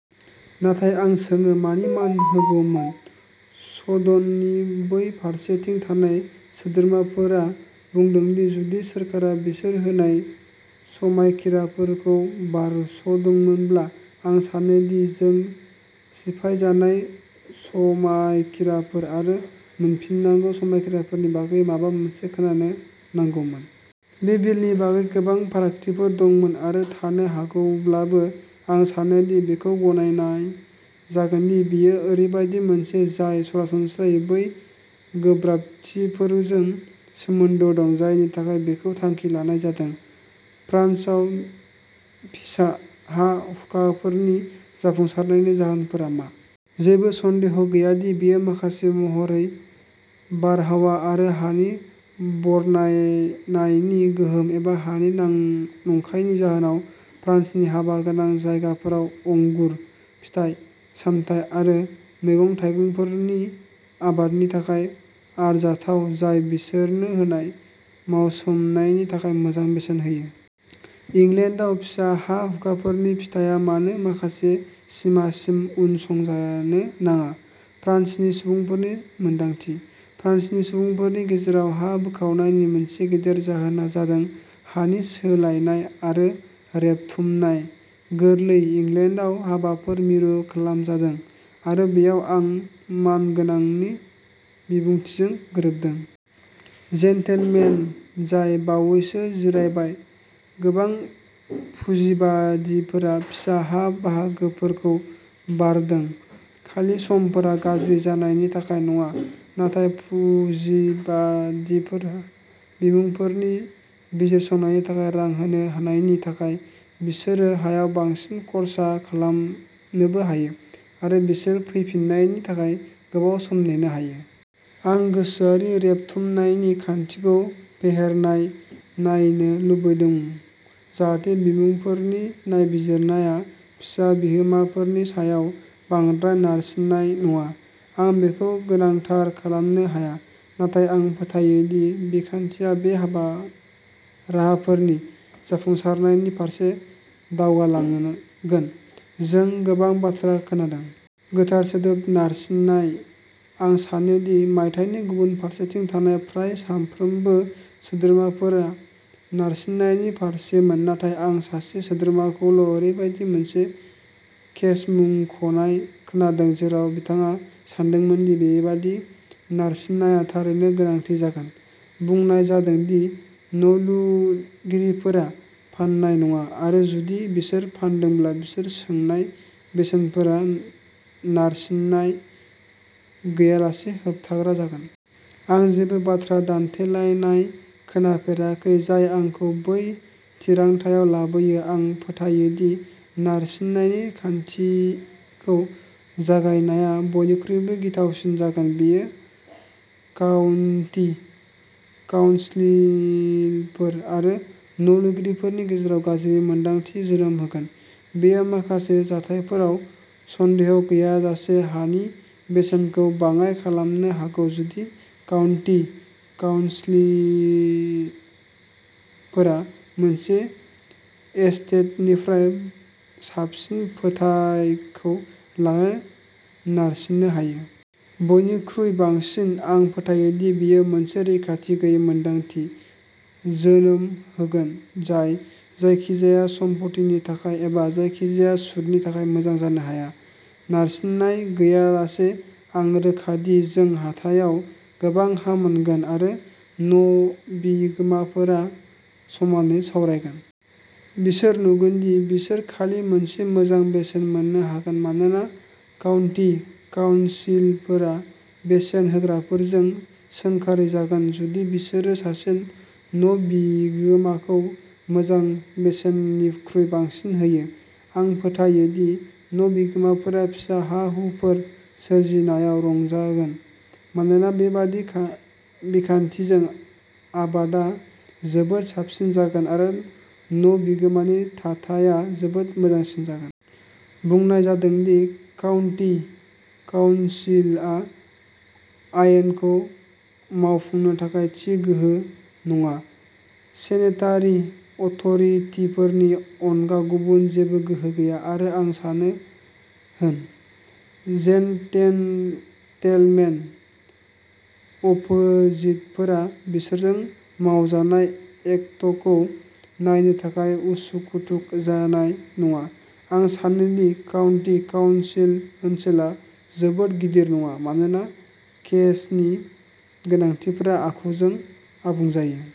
नाथाय आं सोङो मानि मान होगौमोन। सदननि बै फारसेथिं थानाय सोद्रोमाफोरा बुंदों दि जुदि सोरखारा बिसोर होनाय समायखिराफोरखौ बारस'दोंमोनब्ला, आं सानो दि जों सिफायजानाय समायखिराफोर आरो मोनफिनजायै समायखिराफोरनि बागै माबा मोनसे खोनानो नांगौमोन। बे बिलनि बागै गोबां फारागथिफोर दंमोन आरो थानो हागौब्लाबो आं सानो दि बेखौ गनायनाय जागोन दि बेयो ओरैबायदि मोनसे जाय सरासनस्रायै बै गोब्राबथिफोरजों सोमोन्दो दं जायनि थाखाय बेखौ थांखि लानाय जादों। फ्रान्सआव फिसा हा-हुखाफोरनि जाफुंसारनायनि जाहोनफोरा मा? जेबो सन्देह गैया दि बेयो माखासे महरै बारहावा आरो हानि बरनायनायनि गोहोम एबा हानि नंखायनि जाहोनाव। फ्रान्सनि हाया गोबां जायगाफोराव आंगुर, फिथाइ-सामथाइ आरो मैगं-थाइगंफोरनि आबादनि थाखाय आरजाथाव, जाय बिसोरनो होनाय मावसोमनायनि थाखाय मोजां बेसेन होयो। इंलेन्डआव फिसा हा-हुखाफोरनि फिथाया मानो माखासे सिमासिम उनसंजानो नाङा। फ्रान्सनि सुबुंफोरनि मोन्दांथि? फ्रान्सनि सुबुंफोरनि गेजेराव हा बोखावनायनि मोनसे गेदेर जाहोना जादों हानि सोलायनाय आरो रेबथुमनाय गोरलै। इंलेन्डआव हाफोरा मिरु खालामजादों आरो बेयाव आं मानगोनांनि बिबुंथिजों गोरोबदों। जेन्टलमेन जाय बावैसो जिरायबाय। गोबां पुजिबादिफोरा फिसा हा बाहागोफोरखौ बायदों, खालि समफोरा गाज्रि जानायनि थाखाय नङा, नाथाय पुजिबादिफोरा बिमुंफोरनि बिजिरसंनायनि थाखाय रां होनो हानायनि थाखाय। बिसोरो हायाव बांसिन खर्सा खालामनोबो हायो, आरो बिसोर फैफिन्नायनि थाखाय गोबाव सम नेनो हायो। आं गोसोआरि रेबथुमनायनि खान्थिखौ फेहेरनाय नायनो लुबैदों जाहाथे बिमुंफोरनि नायबिजिरनाया फिसा बिगोमाफोरनि सायाव बांद्राय नारसिननाय नङा। आं बेखौ गोनांथार खालामनो हाया, नाथाय आं फोथायो दि बिखान्थिया बे हाबा राहाफोरनि जाफुंसारनायनि फारसे दावगालांगोन। जों गोबां बाथ्रा खोनादों। गोथार सोदोब "नारसिननाय"। आं सानो दि मायथाइनि गुबुन फारसेथिं थानाय फ्राय साफ्रोमबो सोद्रोमाफोरा नारसिननायनि फारसेमोन। नाथाय आं सासे सोद्रोमाखौल'ओरैबायदि मोनसे केस मुंख'नाय खोनादों जेराव बिथाङा सानदोंमोन दि बेबादि नारसिननाया थारैनो गोनांथि जागोन। बुंनाय जादों दि न'लुगिरिफोरा फान्नाय नङा, आरो जुदि बिसोरो फान्दोंब्ला, बिसोर सोंनाय बेसेनफोरा नारसिननाय गैयालासे होबथाग्रा जागोन। आं जेबो बाथ्रा दान्थेलायनाय खोनाफेराखै जाय आंखौ बै थिरांथायाव लाबोयो। आं फोथायो दि नारसिननायनि खान्थिखौ जागायनाया बयनिख्रुइबो गिथावसिन जागोन। बेयो काउन्टि काउन्सिलफोर आरो न'लुगिरिफोरनि गेजेराव गाज्रि मोन्दांथि जोनोम होगोन। बेयो, माखासे जाथायफोराव, सन्देह गैयाजासे हानि बेसेनखौ बाङाइ खालामनो हागौ जुदि काउन्टि काउन्सिलफोरा मोनसे एस्टेटनिफ्राय साबसिन फोथारखौ लानो नारसिननो हायो। बयनिख्रुइ बांसिन, आं फोथायो दि बेयो मोनसे रैखाथि गैयै मोन्दांथि जोनोम होगोन जाय जायखिजाया सम्पथिनि थाखाय एबा जायखिजाया सुदनि थाखाय मोजां जानो हाया। नारसिननाय गैयालासे। आं रोखा दि जों हाथायाव गोबां हा मोनगोन आरो न'बिगोमाफोरा समानै सावरायगोन। बिसोर नुगोन दि बिसोर खालि मोनसे मोजां बेसेन मोननो हागोन, मानोना काउन्टि काउन्सिलफोरा बेसेन होग्राफोरजों सोंखारिजागोन जुदि बिसोरो सासे न'बिगोमाखौ मोजां बेसेननिख्रुइ बांसिन होयो। आं फोथायो दि न'बिगोमाफोरा फिसा हा-हुफोर सोरजिनायाव रंजागोन, मानोना बेबादि बिखान्थिजों आबादा जोबोद साबसिन जागोन आरो न'बिगोमानि थाथाया जोबोद मोजांसिन जागोन। बुंनाय जादों दि काउन्टि काउन्सिलआ आयेनखौ मावफुंनो थाखाय थि गोहो नङा। सेनेटारि अथ'रिटिफोरनि अनगा गुबुन जेबो गोहो गैया, आरो आं सानो होन। जेनटेलमेन अपोजिटफोरा बिसोरजों मावजानाय एक्टखौ नायनो थाखाय उसुखुथु जानाय नङा। आं सानो दि काउन्टि काउन्सिल ओनसोला जोबोद गिदिर नङा, मानोना केसनि गोनांथिफोरा आखुजों आबुं जायो।